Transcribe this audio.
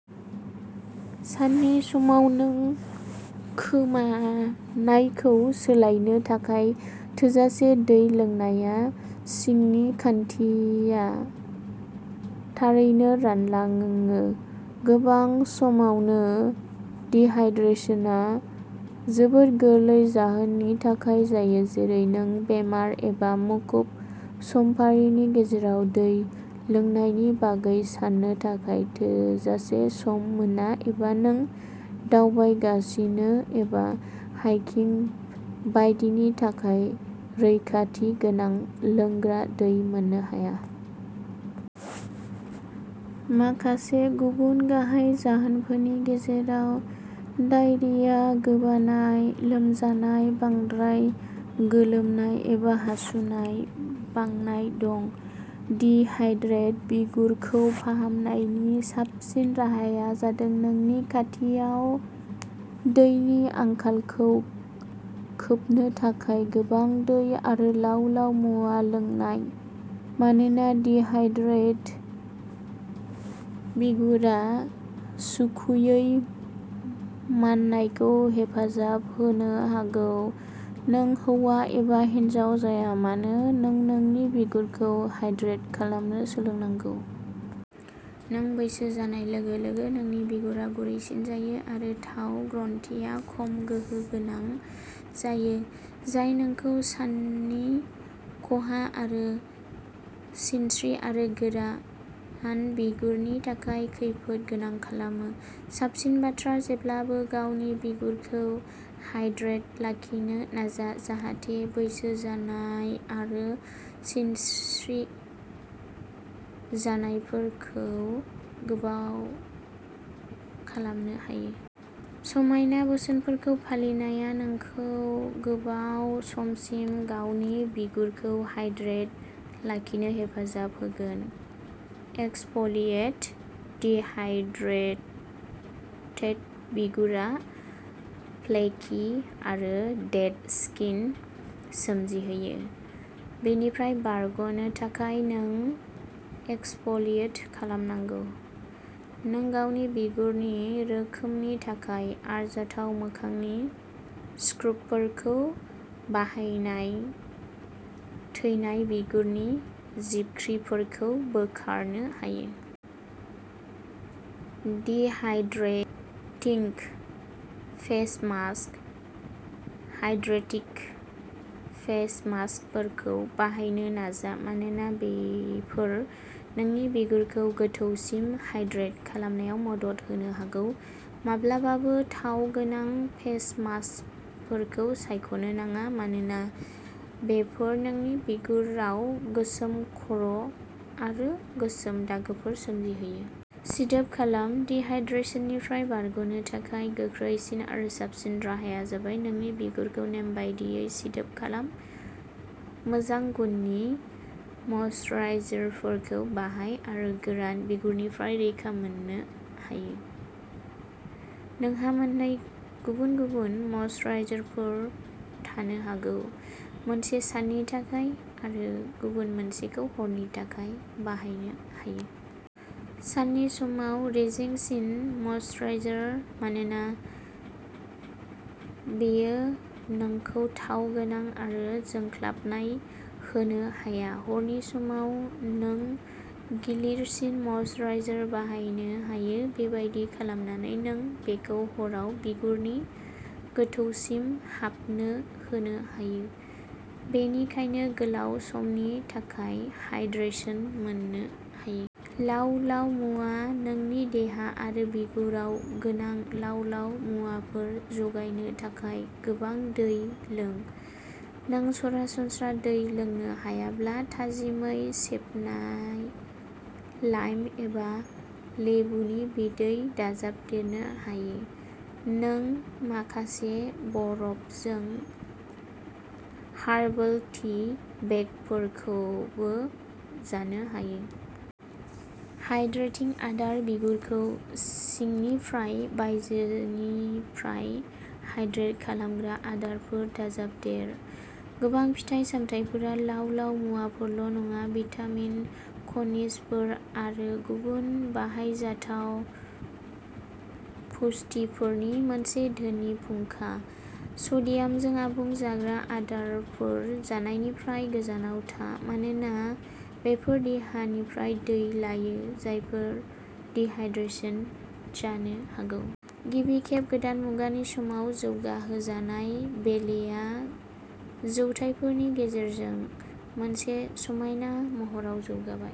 साननि समाव नों खोमानायखौ सोलायनो थाखाय थोजासे दै लोंनाया। सिंनि खान्थिया थारैनो रानलाङो। गोबां समावनो डिहाइड्रेशनआ जोबोद गोरलै जाहोनफोरनि थाखाय जायो जेरै नों बेराम एबा मुखुब समफारिनि थाखाय दै लोंनायनि बागै साननो थाखाय थोजासे सम मोना एबा नों दावबायगासिनो एबा हाइकिं बायदिनि थाखाय रैखाथि गोनां लोंग्रा दै मोननो हाया। माखासे गुबुन गाहाय जाहोनफोरनि गेजेराव डायेरिया, गोबानाय, लोमजानाय, बांद्राय गोलोमनाय एबा हासुनाय बांनाय दं। डिहाइड्रेटेड बिगुरखौ फाहामनायनि साबसिन राहाया जादों नोंनि खान्थियाव दैनि आंखालखौ खोबनो थाखाय गोबां दै आरो लाव-लाव मुवा लोंनाय। मानोना डिहाइड्रेटेड बिगुरा सुखुयै माननायखौ हेफाजाब होनो हागौ, नों हौवा एबा हिनजाव जाया मानो नों नोंनि बिगुरखौ हाइड्रेट खालामनो सोलोंनांगौ। नों बैसो जानाय लोगो-लोगो नोंनि बिगुरा गुरैसिन जायो आरो थाव ग्रन्थिआ खम गोहोम गोनां जायो, जाय नोंखौ साननि खहा आरो सिनस्रि आरो गोरान बिगुरनि थाखाय खैफोद गोनां खालामो। साबसिन बाथ्रा जेब्लाबो गावनि बिगुरखौ हाइड्रेटेड लाखिनो नाजा, जाहाथे बैसो जानाय आरो सिनस्रि जानायफोरखौ गोबाव खालामनो हायो। समायना बोसोनफोरखौ फालिनाया नोंखौ गोबाव समसिम गावनि बिगुरखौ हाइड्रेटेड लाखिनो हेफाजाब होगोन। एक्सफलिएट डिहाइड्रेटेड बिगुरा फ्लेकि आरो डेड स्किन सोमजिहोयो। बेनिफ्राय बारग'नो थाखाय, नों एक्सफलिएट खालामनांगौ। नों गावनि बिगुरनि रोखोमनि थाखाय आरजाथाव मोखांनि स्क्राबफोरखौ बाहायना थैनाय बिगुरनि जिबख्रिफोरखौ बोखारनो हायो। Hydrating face mask hydrating face मास्कफोरखौ बाहायनो नाजा मानोना बेफोर नोंनि बिगुरखौ गोथौसिम हाइड्रेट खालामनायाव मदद होनो हागौ। माब्लाबाबो थाव गोनां फेस मास्कफोरखौ सायख'नो नाङा मानोना बेफोर नोंनि बिगुराव गोसोम खर'आरो गोसोम दागोफोर सोमजिहोयो। सिदोब खालाम डिहाइड्रेशननिफ्राय बारग'नो थाखाय गोख्रैसिन आरो साबसिन राहाया जाबाय नोंनि बिगुरखौ नेमबादियै सिदोब खालामनाय। मोजां गुननि मायिश्चराइजारफोरखौ बाहाय आरो गोरान बिगुरनिफ्राय रैखा मोननो हायो। नोंहा मोननै गुबुन-गुबुन मायिश्चराइजारफोर थानो हागौ, मोनसे साननि थाखाय आरो गुबुन मोनसेखौ हरनि थाखाय बाहायनो हायो। साननि समाव रेजेंसिन मायिश्चराइजार, मानोना बेयो नोंखौ थाव गोनां आरो जोंख्लाबनाय होनो हाया। हरनि समाव, नों गिलिरसिन मायिश्चराइजार बाहायनो हायो। बेबादि खालामनानै, नों बेखौ हराव बिगुरनि गोथौसिम हाबनो होनो हायो, बेनिखायनो गोलाव समनि थाखाय हाइड्रेशन मोननो हायो। लाव-लाव मुवा नोंनि देहा आरो बिगुराव गोनां लाव-लाव मुवाफोर जगायनो थाखाय गोबां दै लों। नों सरासनस्रा दै लोंनो हायाब्ला थाजिमै सेबनाय लाइम एबा लेबुनि बिदै दाजाबदेरनो हायो। नों माखासे बरफजों हार्बेल टी बेगफोरखौबो जानो हायो। हाइड्रेटिं आदार बिगुरखौ सिंनिफ्राय बायजोनिफ्राय हाइड्रेट खालामग्रा आदारफोर दाजाबदेर। गोबां फिथाइ सामथाइफोरा लाव-लाव मुवाफोरल' नङा, भिटामिन, खनिजफोर आरो गुबुन बाहायजाथाव पुष्टिफोरनि मोनसे धोनि फुंखा। सडियामजों आबुं जाग्रा आदारफोर जानायनिफ्राय गोजानाव था, मानोना बेफोर देहानिफ्राय दै लायो, जायजों डिहाइड्रेशन जानो हागौ। गिबि खेब गोदान मुगानि समाव जौगाहोजानाय, बेलेआ जौथायफोरनि गेजेरजों मोनसे समायना महराव जौगाबाय।